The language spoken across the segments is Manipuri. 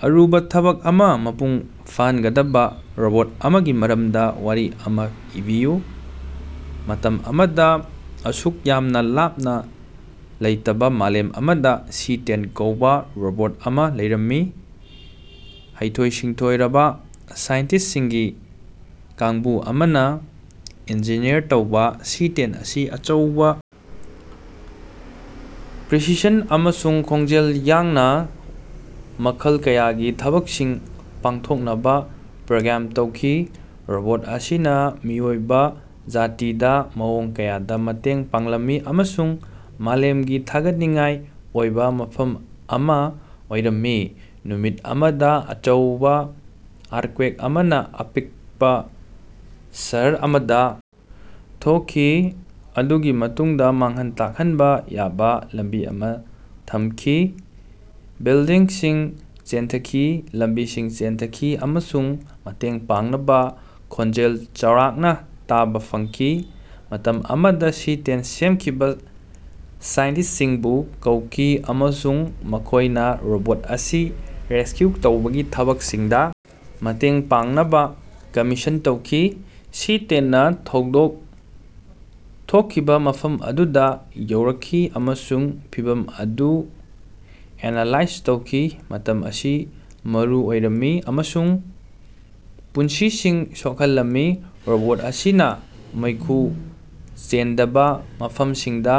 ꯑꯔꯨꯕ ꯊꯕꯛ ꯑꯃ ꯃꯄꯨꯡ ꯐꯥꯍꯟꯒꯗꯕ ꯔꯣꯕꯣꯠ ꯑꯃꯒꯤ ꯃꯔꯝꯗ ꯋꯥꯔꯤ ꯑꯃ ꯏꯕꯤꯌꯨ꯫ ꯃꯇꯝ ꯑꯃꯗ, ꯑꯁꯨꯛ ꯌꯥꯝꯅ ꯂꯥꯞꯅ ꯂꯩꯇꯕ ꯃꯥꯂꯦꯝ ꯑꯃꯗ ꯁꯤ-ꯇꯦꯟ ꯀꯧꯕ ꯔꯣꯕꯣꯠ ꯑꯃ ꯂꯩꯔꯝꯃꯤ꯫ ꯍꯩꯊꯣꯏ-ꯁꯤꯡꯊꯣꯏꯔꯕ ꯁꯥꯏꯟꯇꯤꯁ꯭ꯇꯁꯤꯡꯒꯤ ꯀꯥꯡꯕꯨ ꯑꯃꯅ ꯏꯟꯖꯤꯅꯤꯌꯔ ꯇꯧꯕ ꯁꯤ-ꯇꯦꯟ ꯑꯁꯤ ꯑꯆꯧꯕ ꯄ꯭ꯔꯤꯁꯤꯁꯟ ꯑꯃꯁꯨꯡ ꯈꯣꯡꯖꯦꯜ ꯌꯥꯡꯅ ꯃꯈꯜ ꯀꯌꯥꯒꯤ ꯊꯕꯛꯁꯤꯡ ꯄꯥꯡꯊꯣꯛꯅꯕ ꯄ꯭ꯔꯣꯒ꯭ꯔꯥꯝ ꯇꯧꯈꯤ꯫ ꯔꯣꯕꯣꯠ ꯑꯁꯤꯅ ꯃꯤꯑꯣꯏꯕ ꯖꯥꯇꯤꯗ ꯃꯑꯣꯡ ꯀꯌꯥꯗ‌ ꯃꯇꯦꯡ ꯄꯥꯡꯂꯝꯃꯤ ꯑꯃꯁꯨꯡ ꯃꯥꯂꯦꯝꯒꯤ ꯊꯥꯒꯠꯅꯤꯡꯉꯥꯏ ꯑꯣꯏꯕ ꯃꯐꯝ ꯑꯃ ꯑꯣꯏꯔꯝꯃꯤ꯫ ꯅꯨꯃꯤꯠ ꯑꯃꯗ ꯑꯆꯧꯕ ꯑꯥꯔꯊꯀ꯭ꯋꯦꯛ ꯑꯃꯅ ꯑꯄꯤꯛꯄ ꯁꯍꯔ ꯑꯃꯗ ꯊꯣꯛꯈꯤ, ꯃꯗꯨꯒꯤ ꯃꯇꯨꯡꯗ ꯃꯥꯡꯍꯟ ꯇꯥꯛꯍꯟꯕ ꯌꯥꯕ‌ ꯂꯝꯕꯤ ꯑꯃ ꯊꯝꯈꯤ꯫ ꯕꯤꯜꯗꯤꯡꯁꯤꯡ ꯆꯦꯟꯊꯈꯤ, ꯂꯝꯕꯤꯁꯤꯡ ꯆꯦꯟꯊꯈꯤ, ꯑꯃꯁꯨꯡ ꯃꯇꯦꯡ ꯄꯥꯡꯅꯕ ꯈꯣꯟꯖꯦꯜ ꯆꯥꯎꯔꯥꯛꯅ ꯇꯥꯕ ꯐꯪꯈꯤ꯫ ꯃꯇꯝ ꯑꯃꯗ ꯁꯤ-ꯇꯦꯟ ꯁꯦꯝꯈꯤꯕ ꯁꯥꯏꯟꯇꯤꯁ꯭ꯇꯁꯤꯡꯕꯨ ꯀꯧꯈꯤ, ꯑꯃꯁꯨꯡ ꯃꯈꯣꯏꯅ ꯔꯣꯕꯣꯠ ꯑꯁꯤ ꯔꯦꯁꯀ꯭ꯌꯨ ꯇꯧꯕꯒꯤ ꯊꯕꯛꯁꯤꯡꯗ ꯃꯇꯦꯡ ꯄꯥꯡꯅꯕ ꯀꯝꯃꯤꯁꯟ ꯇꯧꯈꯤ꯫ ꯁꯤ-ꯇꯦꯟꯅ ꯊꯧꯗꯣꯛ ꯊꯣꯛꯈꯤꯕ ꯃꯐꯝ ꯑꯗꯨꯗ ꯌꯧꯔꯛꯈꯤ ꯑꯃꯁꯨꯡ ꯐꯤꯚꯝ ꯑꯗꯨ ꯑꯦꯅꯥꯂꯥꯏꯖ ꯇꯧꯈꯤ꯫ ꯃꯇꯝ ꯑꯁꯤ ꯃꯔꯨ ꯑꯣꯏꯔꯝꯃꯤ, ꯑꯃꯁꯨꯡ ꯄꯨꯟꯁꯤꯁꯤꯡ ꯁꯣꯛꯍꯜꯂꯝꯃꯤ꯫ ꯔꯣꯕꯣꯠ ꯑꯁꯤꯅ ꯃꯩꯈꯨ ꯆꯦꯟꯗꯕ ꯃꯐꯝꯁꯤꯡꯗ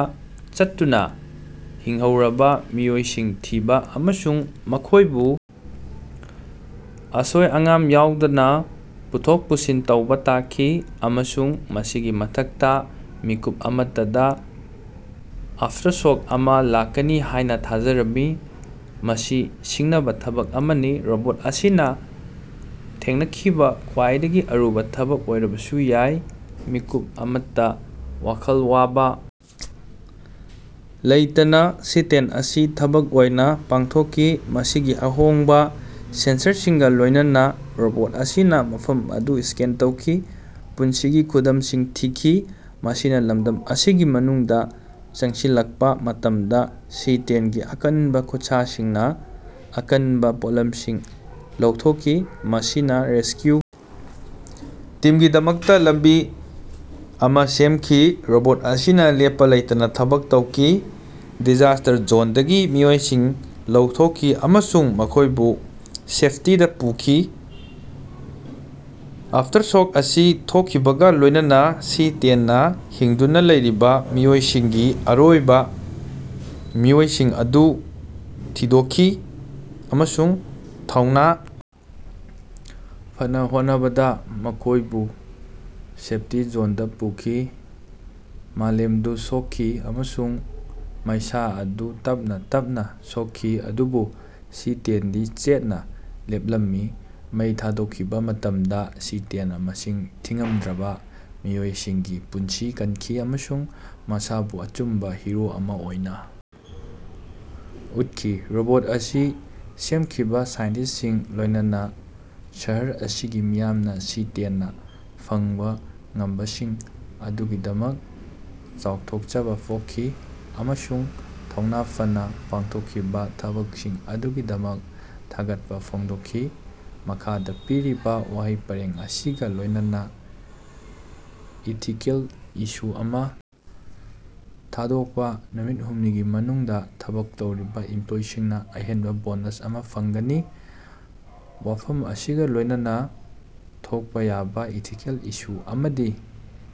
ꯆꯠꯇꯨꯅ ꯍꯤꯡꯍꯧꯔꯕ ꯃꯤꯑꯣꯏꯁꯤꯡ ꯊꯤꯕ ꯑꯃꯁꯨꯡ ꯃꯈꯣꯏꯕꯨ ꯑꯁꯣꯏ ꯑꯉꯥꯝ ꯌꯥꯎꯗꯅ ꯄꯨꯊꯣꯛ ꯄꯨꯁꯤꯟ ꯇꯧꯕ ꯇꯥꯈꯤ꯫ ꯑꯃꯁꯨꯡ ꯃꯁꯤꯒꯤ ꯃꯊꯛꯇ, ꯃꯤꯀꯨꯞ ꯑꯃꯠꯇꯗ ꯑꯐꯇꯔꯁꯣꯛ ꯑꯃ ꯂꯥꯛꯀꯅꯤ ꯍꯥꯏꯅ ꯊꯥꯖꯔꯝꯃꯤ꯫ ꯃꯁꯤ ꯁꯤꯡꯅꯕ ꯊꯕꯛ ꯑꯃꯅꯤ, ꯔꯣꯕꯣꯠ ꯑꯁꯤꯅ ꯊꯦꯡꯅꯈꯤꯕ ꯈ꯭ꯋꯥꯏꯗꯒꯤ ꯑꯔꯨꯕ ꯊꯕꯛ ꯑꯣꯏꯔꯕꯁꯨ ꯌꯥꯏ꯫ ꯃꯤꯀꯨꯞ ꯑꯃꯠꯇ ꯋꯥꯈꯜ ꯋꯥꯕ ꯂꯩꯇꯅ ꯁꯤ-ꯇꯦꯟ ꯑꯁꯤ ꯊꯕꯛ ꯑꯣꯏꯅ ꯄꯥꯡꯊꯣꯛꯈꯤ꯫ ꯃꯁꯤꯒꯤ ꯑꯍꯣꯡꯕ ꯁꯦꯟꯁꯔꯁꯤꯡꯒ ꯂꯣꯏꯅꯅ ꯔꯣꯕꯣꯠ ꯑꯁꯤꯅ ꯃꯐꯝ ꯑꯗꯨ ꯁ꯭ꯀꯦꯟ ꯇꯧꯈꯤ, ꯄꯨꯟꯁꯤꯒꯤ ꯈꯨꯗꯝꯁꯤꯡ ꯊꯤꯈꯤ꯫ ꯃꯁꯤꯅ ꯂꯝꯗꯝ ꯑꯁꯤꯒꯤ ꯃꯅꯨꯡꯗ ꯆꯪꯁꯤꯜꯂꯛꯄ ꯃꯇꯝꯗ ꯁꯤ-ꯇꯦꯟꯒꯤ ꯑꯀꯟꯕ ꯈꯨꯠꯁꯥꯁꯤꯡꯅ ꯑꯀꯟꯕ ꯄꯣꯠꯂꯝꯁꯤꯡ ꯂꯧꯊꯣꯛꯈꯤ, ꯃꯁꯤꯅ ꯔꯦꯁꯀ꯭ꯌꯨ ꯇꯤꯝꯒꯤꯗꯃꯛꯇ ꯂꯝꯕꯤ ꯑꯃ ꯁꯦꯝꯈꯤ꯫ ꯔꯣꯕꯣꯠ ꯑꯁꯤꯅ ꯂꯦꯞꯄ ꯂꯩꯇꯅ ꯊꯕꯛ ꯇꯧꯈꯤ, ꯗꯤꯖꯥꯁ꯭ꯇꯔ ꯖꯣꯟꯗꯒꯤ ꯃꯤꯑꯣꯏꯁꯤꯡ ꯂꯧꯊꯣꯛꯈꯤ ꯑꯃꯁꯨꯡ ꯃꯈꯣꯏꯕꯨ ꯁꯦꯐꯇꯤꯗ ꯄꯨꯈꯤ꯫ ꯑꯥꯐꯇꯔꯁꯣꯛ ꯑꯁꯤ ꯊꯣꯛꯈꯤꯕꯒ ꯂꯣꯏꯅꯅ ꯁꯤ-ꯇꯦꯟ ꯅꯥ ꯍꯤꯡꯗꯨꯅ ꯂꯩꯔꯤꯕꯥ ꯃꯤꯑꯣꯏꯁꯤꯡꯒꯤ ꯑꯔꯣꯏꯕ ꯃꯤꯑꯣꯏꯁꯤꯡ ꯑꯗꯨ ꯊꯤꯗꯣꯛꯈꯤ, ꯑꯃꯁꯨꯡ ꯊꯧꯅ ꯐꯅꯥ ꯍꯣꯠꯅꯕꯗ ꯃꯈꯣꯏꯕꯨ ꯁꯦꯐꯇꯤ ꯖꯣꯟꯗ ꯄꯨꯈꯤ꯫ ꯃꯥꯂꯦꯝꯗꯨ ꯁꯣꯛꯈꯤ, ꯑꯃꯁꯨꯡ ꯃꯩꯁꯥ ꯑꯗꯨ ꯇꯞꯅꯥ ꯇꯞꯅꯥ ꯁꯣꯛꯈꯤ, ꯑꯗꯨꯕꯨ ꯁꯤ-ꯇꯦꯟꯗꯤ ꯆꯦꯠꯅ ꯂꯦꯞꯂꯝꯃꯤ꯫ ꯃꯩ ꯊꯥꯗꯣꯛꯈꯤꯕ ꯃꯇꯝꯗ ꯁꯤ-ꯇꯦꯟꯅꯥ ꯃꯁꯤꯡ ꯊꯤꯉꯝꯗ꯭ꯔꯕ ꯃꯤꯑꯣꯏꯁꯤꯡꯒꯤ ꯄꯨꯟꯁꯤ ꯀꯟꯈꯤ, ꯑꯃꯁꯨꯡ ꯃꯁꯥꯕꯨ ꯑꯆꯨꯝꯕ ꯍꯤꯔꯣ ꯑꯃ ꯑꯣꯏꯅ ꯎꯠꯈꯤ꯫ ꯔꯣꯕꯣꯠ ꯑꯁꯤ ꯁꯦꯝꯈꯤꯕ ꯁꯥꯏꯟꯇꯤꯁ꯭ꯇꯁꯤꯡ, ꯂꯣꯏꯅꯅ ꯁꯍꯔ ꯑꯁꯤꯒꯤ ꯃꯤꯌꯥꯝꯅ ꯁꯤ-ꯇꯦꯟ ꯅꯥ ꯐꯪꯕ‌ ꯉꯝꯕꯁꯤꯡ ꯑꯗꯨꯒꯤꯗꯃꯛ ꯆꯥꯎꯊꯣꯛꯆꯕ ꯄꯣꯛꯈꯤ, ꯑꯃꯁꯨꯡ ꯊꯧꯅ ꯐꯅꯥ ꯄꯥꯡꯊꯣꯛꯈꯤꯕ ꯊꯕꯛꯁꯤꯡ ꯑꯗꯨꯒꯤꯗꯃꯛ ꯊꯥꯒꯠꯄ ꯐꯣꯡꯗꯣꯛꯈꯤ꯫ ꯃꯈꯥꯗ ꯄꯤꯔꯤꯕꯥ ꯋꯥꯍꯩ ꯄꯔꯦꯡ ꯑꯁꯤꯒ ꯂꯣꯏꯅꯅ ꯏꯊꯤꯀꯦꯜ ꯏꯁꯨ ꯑꯃ ꯈꯪꯗꯣꯛꯄ꯫ ꯅꯨꯃꯤꯠ ꯍꯨꯝꯅꯤꯒꯤ ꯃꯅꯨꯡꯗ ꯊꯕꯛ ꯇꯧꯔꯤꯕ ꯏꯝꯄ꯭ꯂꯣꯌꯤꯁꯤꯡꯅ ꯑꯍꯦꯟꯕ ꯕꯣꯅꯥꯁ ꯑꯃ ꯐꯪꯒꯅꯤ꯫ ꯋꯥꯐꯝ ꯑꯁꯤꯒ ꯂꯣꯏꯅꯅ ꯊꯣꯛꯄ ꯌꯥꯕ ꯏꯊꯤꯀꯦꯜ ꯏꯁꯨ ꯑꯃꯗꯤ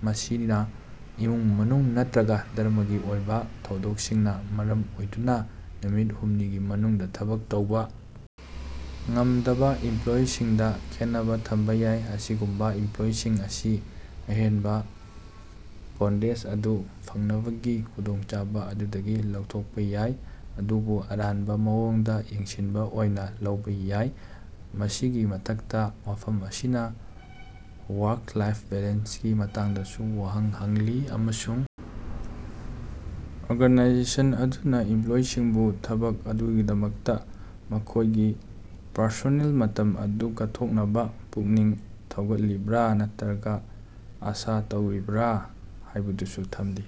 ꯃꯁꯤꯅ ꯏꯃꯨꯡ ꯃꯅꯨꯡ ꯅꯠꯇꯔꯒ ꯙꯔꯝꯃꯒꯤ ꯑꯣꯏꯕ ꯊꯧꯗꯥꯡꯁꯤꯡꯅ ꯃꯔꯝ ꯑꯣꯏꯗꯨꯅ ꯅꯨꯃꯤꯠ ꯍꯨꯝꯅꯤꯒꯤ ꯃꯅꯨꯡꯗ ꯊꯕꯛ ꯇꯧꯕ ꯉꯝꯗꯕ ꯏꯝꯄ꯭ꯂꯣꯌꯤꯁꯤꯡꯗ ꯈꯦꯠꯅꯕ‌ ꯊꯝꯕ ꯌꯥꯏ꯫ ꯑꯁꯤꯒꯨꯝꯕ ꯏꯝꯄ꯭ꯂꯣꯌꯤꯁꯤꯡ ꯑꯁꯤ ꯑꯍꯦꯟꯕ ꯕꯣꯟꯗꯦꯖ ꯑꯗꯨ ꯐꯪꯅꯕꯒꯤ ꯈꯨꯗꯣꯡꯆꯥꯕ ꯑꯗꯨꯗꯒꯤ ꯂꯧꯊꯣꯛꯄ ꯌꯥꯏ, ꯃꯗꯨꯕꯨ ꯑꯔꯥꯟꯕ ꯃꯑꯣꯡꯗ ꯌꯦꯡꯁꯤꯟꯕ ꯑꯣꯏꯅ‌ ꯂꯧꯕ ꯌꯥꯏ꯫ ꯃꯁꯤꯒꯤ ꯃꯊꯛꯇ, ꯋꯥꯐꯝ ꯑꯁꯤꯅ ꯋꯥꯔꯛ-ꯂꯥꯏꯐ ꯕꯦꯂꯦꯟꯁꯀꯤ ꯃꯇꯥꯡꯗꯁꯨ ꯋꯥꯍꯪ ꯍꯪꯂꯤ ꯑꯃꯁꯨꯡ ꯑꯣꯔꯒꯥꯅꯥꯏꯖꯦꯁꯟ ꯑꯗꯨꯅ ꯏꯝꯄ꯭ꯂꯣꯌꯤꯁꯤꯡꯕꯨ ꯊꯕꯛ ꯑꯗꯨꯒꯤꯗꯃꯛꯇ ꯃꯈꯣꯏꯒꯤ ꯄꯔꯁꯣꯅꯦꯜ ꯃꯇꯝ ꯑꯗꯨ ꯀꯠꯊꯣꯛꯅꯕ ꯄꯨꯛꯅꯤꯡ ꯊꯧꯒꯠꯂꯤꯕ꯭ꯔꯥ ꯅꯠꯇꯔꯒ ꯑꯥꯁꯥ ꯇꯧꯔꯤꯕ꯭ꯔꯥ ꯍꯥꯏꯕꯗꯨꯁꯨ ꯊꯝꯂꯤ꯫